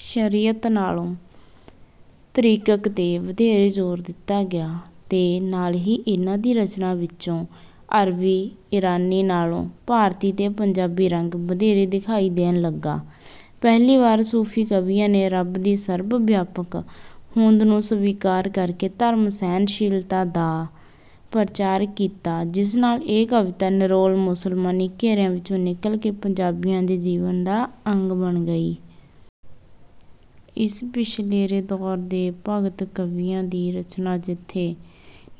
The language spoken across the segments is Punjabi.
ਸ਼ਰੀਅਤ ਨਾਲੋਂ ਤਰੀਕਤ 'ਤੇ ਵਧੇਰੇ ਜ਼ੋਰ ਦਿੱਤਾ ਗਿਆ ਤੇ ਨਾਲ ਹੀ ਇਨ੍ਹਾਂ ਦੀ ਰਚਨਾ ਵਿੱਚੋਂ ਅਰਬੀ-ਈਰਾਨੀ ਨਾਲੋਂ ਭਾਰਤੀ ਤੇ ਪੰਜਾਬੀ ਰੰਗ ਵਧੇਰੇ ਦਿਖਾਈ ਦੇਣ ਲੱਗਾ। ਪਹਿਲੀ ਵਾਰ ਸੂਫ਼ੀ ਕਵੀਆਂ ਨੇ ਰੱਬ ਦੀ ਸਰਬ-ਵਿਆਪਕ ਹੋਂਦ ਨੂੰ ਸਵੀਕਾਰ ਕਰਕੇ ਧਾਰਮਿਕ ਸਹਿਣ-ਸ਼ੀਲਤਾ ਦਾ ਪ੍ਰਚਾਰ ਕੀਤਾ, ਜਿਸ ਨਾਲ ਇਹ ਕਵਿਤਾ ਨਿਰੋਲ ਮੁਸਲਮਾਨੀ ਘੇਰਿਆਂ ਵਿੱਚੋਂ ਨਿਕਲ ਕੇ ਪੰਜਾਬੀਆਂ ਦੇ ਜੀਵਨ ਦਾ ਅੰਗ ਬਣ ਗਈ। ਇਸ ਪਿਛਲੇਰੇ ਦੌਰ ਦੇ ਭਗਤ ਕਵੀਆਂ ਦੀ ਰਚਨਾ ਜਿੱਥੇ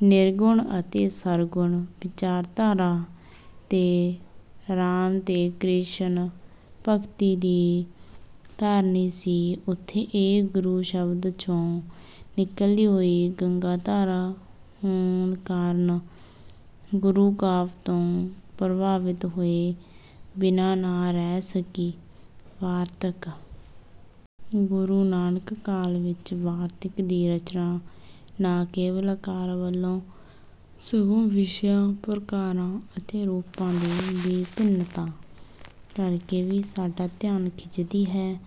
ਨਿਰਗੁਣ ਤੇ ਸਰਗੁਣ ਵਿਚਾਰਧਾਰਾ ਤੇ ਰਾਮ ਤੇ ਕ੍ਰਿਸ਼ਨ ਭਗਤੀ ਦੀ ਧਾਰਨੀ ਸੀ, ਉੱਥੇ ਇਹ ਗੁਰੂ ਸ਼ਬਦ ਚੋਂ ਨਿਕਲਦੀ ਹੋਈ ਗੰਗਾਧਾਰਾ ਹੋਣ ਕਾਰਨ, ਗੁਰੂ ਕਾਵਿ ਤੋਂ ਪ੍ਰਭਾਵਿਤ ਹੋਏ ਬਿਨਾਂ ਨਾ ਰਹਿ ਸਕੀ। ਵਾਰਤਕ: ਗੁਰੂ ਨਾਨਕ ਕਾਲ ਵਿੱਚ ਵਾਰਤਕ ਦੀ ਰਚਨਾ ਨਾ ਕੇਵਲ ਆਕਾਰ ਵੱਲੋਂ ਸਗੋਂ ਵਿਸ਼ਿਆਂ, ਪ੍ਰਕਾਰਾਂ ਅਤੇ ਰੂਪਾਂ ਦੀ ਵਿਭਿੰਨਤਾ ਕਰਕੇ ਵੀ ਸਾਡਾ ਧਿਆਨ ਖਿੱਚਦੀ ਹੈ।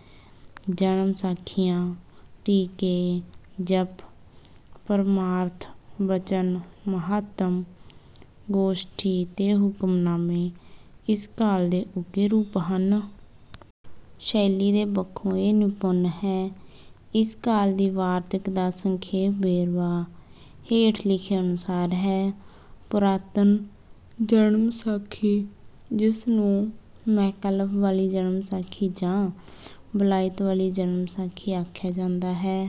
ਜਨਮ ਸਾਖੀਆਂ, ਟੀਕੇ, ਜਪੁ, ਪਰਮਾਰਥ, ਬਚਨ, ਮਹਾਤਮ, ਗੋਸ਼ਟੀ ਤੇ ਹੁਕਮਨਾਮੇ ਇਸ ਕਾਲ ਦੇ ਉੱਘੇ ਰੂਪ ਹਨ। ਸ਼ੈਲੀ ਦੇ ਪੱਖੋਂ ਇਹ ਨਿਪੁੰਨ ਹੈ। ਇਸ ਕਾਲ ਦੀ ਵਾਰਤਕ ਦਾ ਸੰਖੇਪ ਵੇਰਵਾ ਹੇਠ ਲਿਖੇ ਅਨੁਸਾਰ ਹੈ: ਪੁਰਾਤਨ ਜਨਮ ਸਾਖੀ, ਜਿਸ ਨੂੰ ਮੈਕਾਲਫ਼ ਵਾਲੀ ਜਨਮ ਸਾਖੀ ਜਾਂ ਵਲਾਇਤ ਵਾਲੀ ਜਨਮ ਸਾਖੀ ਆਖਿਆ ਜਾਂਦਾ ਹੈ।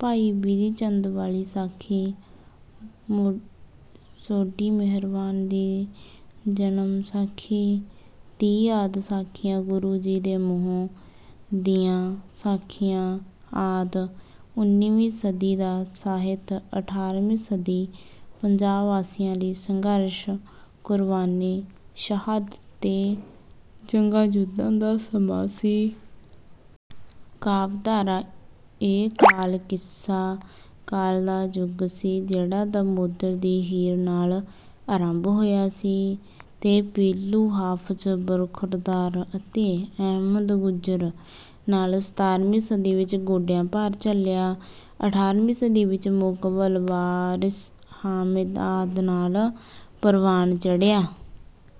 ਭਾਈ ਬਿਧੀ ਚੰਦ ਵਾਲੀ ਸਾਖੀ। ਮੋ ਸੋਢੀ ਮਿਹਰਬਾਨ ਦੀ ਜਨਮ ਸਾਖੀ। ਤੀਹ ਆਦਿ ਸਾਖੀਆਂ। ਗੁਰੂ ਜੀ ਦੇ ਮੂੰਹੋਂ ਦੀਆਂ ਸਾਖੀਆਂ ਆਦਿ। ਉਨੀਵੀਂ ਸਦੀ ਦਾ ਸਾਹਿਤ: ਅਠਾਰ੍ਹਵੀਂ ਸਦੀ ਪੰਜਾਬ ਵਾਸੀਆਂ ਲਈ ਸੰਘਰਸ਼, ਕੁਰਬਾਨੀ, ਸ਼ਹਾਦਤ ਤੇ ਜੰਗਾਂ-ਯੁੱਧਾਂ ਦਾ ਸਮਾਂ ਸੀ। ਕਾਵਿ ਧਾਰਾ: ਇਹ ਕਾਲ ਕਿੱਸਾ ਕਾਲ ਦਾ ਯੁੱਗ ਸੀ। ਜਿਹੜਾ ਦਮੋਦਰ ਦੀ ਹੀਰ ਨਾਲ ਆਰੰਭ ਹੋਇਆ ਤੇ ਪੀਲੂ, ਹਾਫ਼ਜ਼ ਬਰਖ਼ੁਰਦਾਰ ਤੇ ਅਹਿਮਦ ਗੁੱਜਰ ਨਾਲ ਸਤਾਰ੍ਹਵੀਂ ਸਦੀ ਵਿੱਚ ਗੋਡਿਆਂ-ਭਾਰ ਚੱਲਿਆ। ਅਠਾਰ੍ਹਵੀਂ ਸਦੀ ਵਿੱਚ ਮੁਕਬਲ, ਵਾਰਿਸ, ਹਾਮਿਦ ਆਦਿ ਨਾਲ ਪਰਵਾਨ ਚੜ੍ਹਿਆ।